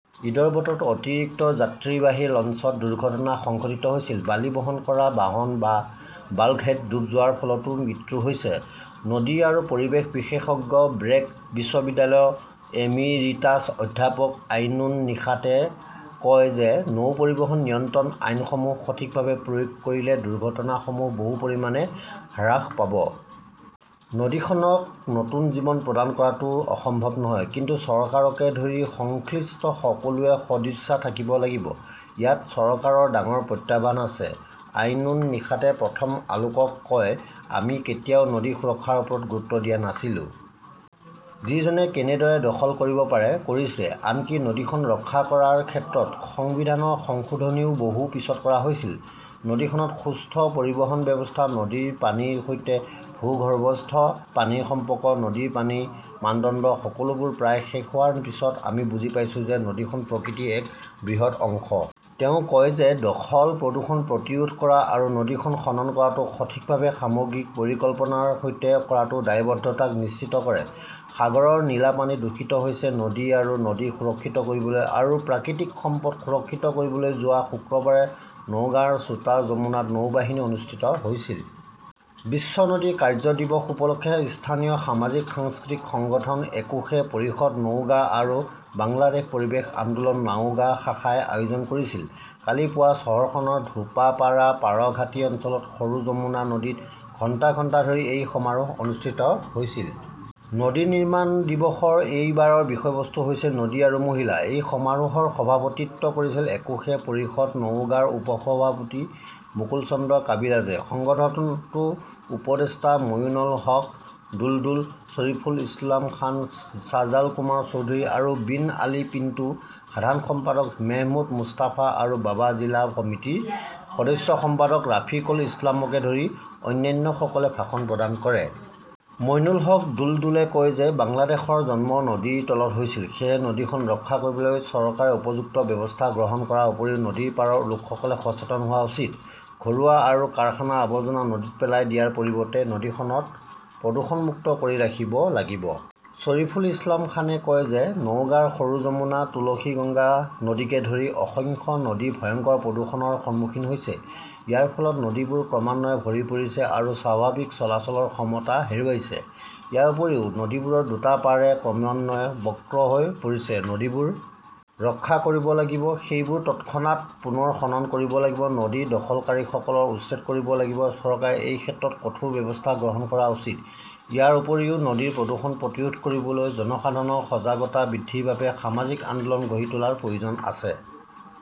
ঈদৰ বতৰত অতিৰিক্ত যাত্ৰীবাহী লঞ্চত দুৰ্ঘটনা সংঘটিত হৈছিল। বালি বহন কৰা বাহন বা বাল্কহেড ডুব যোৱাৰ ফলতও মৃত্যু হৈছে। নদী আৰু পৰিৱেশ বিশেষজ্ঞ ব্ৰেক বিশ্ববিদ্যালয়ৰ এমিৰিটাছ অধ্যাপক আইনুন নিশাতে কয় যে নৌ পৰিবহণ নিয়ন্ত্ৰণ আইনসমূহ সঠিকভাৱে প্ৰয়োগ কৰিলে দুৰ্ঘটনাসমূহ বহু পৰিমাণে হ্ৰাস পাব। নদীখনক নতুন জীৱন প্ৰদান কৰাটোও অসম্ভৱ নহয়। কিন্তু চৰকাৰকে ধৰি সংশ্লিষ্ট সকলোৰে সদিচ্ছা থাকিব লাগিব। ইয়াত চৰকাৰৰ ডাঙৰ প্ৰত্যাহ্বান আছে। আইনুন নিশাতে প্ৰথম আলোকক কয়, আমি কেতিয়াও নদী সুৰক্ষাৰ ওপৰত গুৰুত্ব দিয়া নাছিলো। যিজনে কেনেদৰে দখল কৰিব পাৰে, কৰিছে। আনকি নদীখন ৰক্ষা কৰাৰ ক্ষেত্ৰত সংবিধানৰ সংশোধনীও বহু পিছত কৰা হৈছিল। নদীখনত সুস্থ পৰিবহণ ব্যৱস্থা, নদীৰ পানীৰ সৈতে ভূগৰ্ভস্থ পানীৰ সম্পৰ্ক, নদীৰ পানীৰ মানদণ্ড সকলোবোৰ প্ৰায় শেষ হোৱাৰ পিছত আমি বুজি পাইছো যে নদীখন প্ৰকৃতিৰ এক বৃহৎ অংশ। তেওঁ কয় যে, দখল-প্ৰদূষণ প্ৰতিৰোধ কৰা আৰু নদীখন খনন কৰাটো সঠিকভাৱে সামগ্ৰিক পৰিকল্পনাৰ সৈতে কৰাটো দায়বদ্ধতাক নিশ্চিত কৰে। সাগৰৰ নীলা পানী দূষিত হৈছে নদী আৰু নদী সুৰক্ষিত কৰিবলৈ আৰু প্ৰাকৃতিক সম্পদ সুৰক্ষিত কৰিবলৈ যোৱা শুক্ৰবাৰে নওগাঁৰ ছোটা যমুনাত নৌবাহিনী অনুষ্ঠিত হৈছিল। বিশ্ব নদী কাৰ্য্য দিৱস উপলক্ষে স্থানীয় সামাজিক-সাংস্কৃতিক সংগঠন একুশে পৰিষদ নওগাঁ আৰু বাংলাদেশ পৰিৱেশ আন্দোলন নাওগাঁ শাখাই আয়োজন কৰিছিল। কালি পুৱা চহৰখনৰ ধোপাপাৰা পাৰঘাটি অঞ্চলত সৰু যমুনা নদীত ঘণ্টা ঘণ্টা ধৰি এই সমাৰোহ অনুষ্ঠিত হৈছিল। নদী নিৰ্মাণ দিৱসৰ এইবাৰৰ বিষয়বস্তু হৈছে 'নদী আৰু মহিলা "। এই সমাৰোহৰ সভাপতিত্ব কৰিছিল একুশে পৰিষদ নওগাঁৰ উপ-সভাপতি মুকুল চন্দ্ৰ কাবিৰাজে। সংগঠনটোৰ উপদেষ্টা ময়োনুল হক দুলদুল, শ্বৰিফুল ইছলাম খান, ছাজাল কুমাৰ চৌধুৰী আৰু বিন আলী পিণ্টু, সাধাৰণ সম্পাদক মেহমুদ মুস্তাফা আৰু বাবা জিলা সমিতিৰ সদস্য সম্পাদক ৰাফিকল ইছলামকে ধৰি অন্যান্যসকলে ভাষণ প্ৰদান কৰে। মইনুল হক দুলদুলে কয় যে, বাংলাদেশৰ জন্ম নদীৰ তলত হৈছিল। সেয়েহে নদীখন ৰক্ষা কৰিবলৈ চৰকাৰে উপযুক্ত ব্যৱস্থা গ্ৰহণ কৰাৰ উপৰিও নদীৰ পাৰৰ লোকসকলে সচেতন হোৱা উচিত। ঘৰুৱা আৰু কাৰখানাৰ আৱৰ্জনা নদীত পেলাই দিয়াৰ পৰিৱৰ্তে নদীখনক প্ৰদূষণমুক্ত কৰি ৰাখিব লাগিব। শ্বৰিফুল ইছলাম খানে কয় যে, নওগাঁৰ সৰু যমুনা, তুলসীগংগা নদীকে ধৰি অসংখ্য নদী ভয়ংকৰ প্ৰদূষণৰ সন্মুখীন হৈছে। ইয়াৰ ফলত নদীবোৰ ক্ৰমান্বয়ে ভৰি পৰিছে আৰু স্বাভাৱিক চলাচলৰ ক্ষমতা হেৰুৱাইছে। ইয়াৰ উপৰিও নদীবোৰৰ দুটা পাৰে ক্ৰমান্বয়ে বক্ৰ হৈ পৰিছে। নদীবোৰ ৰক্ষা কৰিব লাগিব। সেইবোৰ তৎক্ষণাত পুনৰ খনন কৰিব লাগিব। নদী দখলকাৰীসকলক উচ্ছেদ কৰিব লাগিব। চৰকাৰে এই ক্ষেত্ৰত কঠোৰ ব্যৱস্থা গ্ৰহণ কৰা উচিত। ইয়াৰ উপৰিও নদীৰ প্ৰদূষণ প্ৰতিৰোধ কৰিবলৈ জনসাধাৰণৰ সজাগতা বৃদ্ধিৰ বাবে সামাজিক আন্দোলন গঢ়ি তোলাৰ প্ৰয়োজন আছে।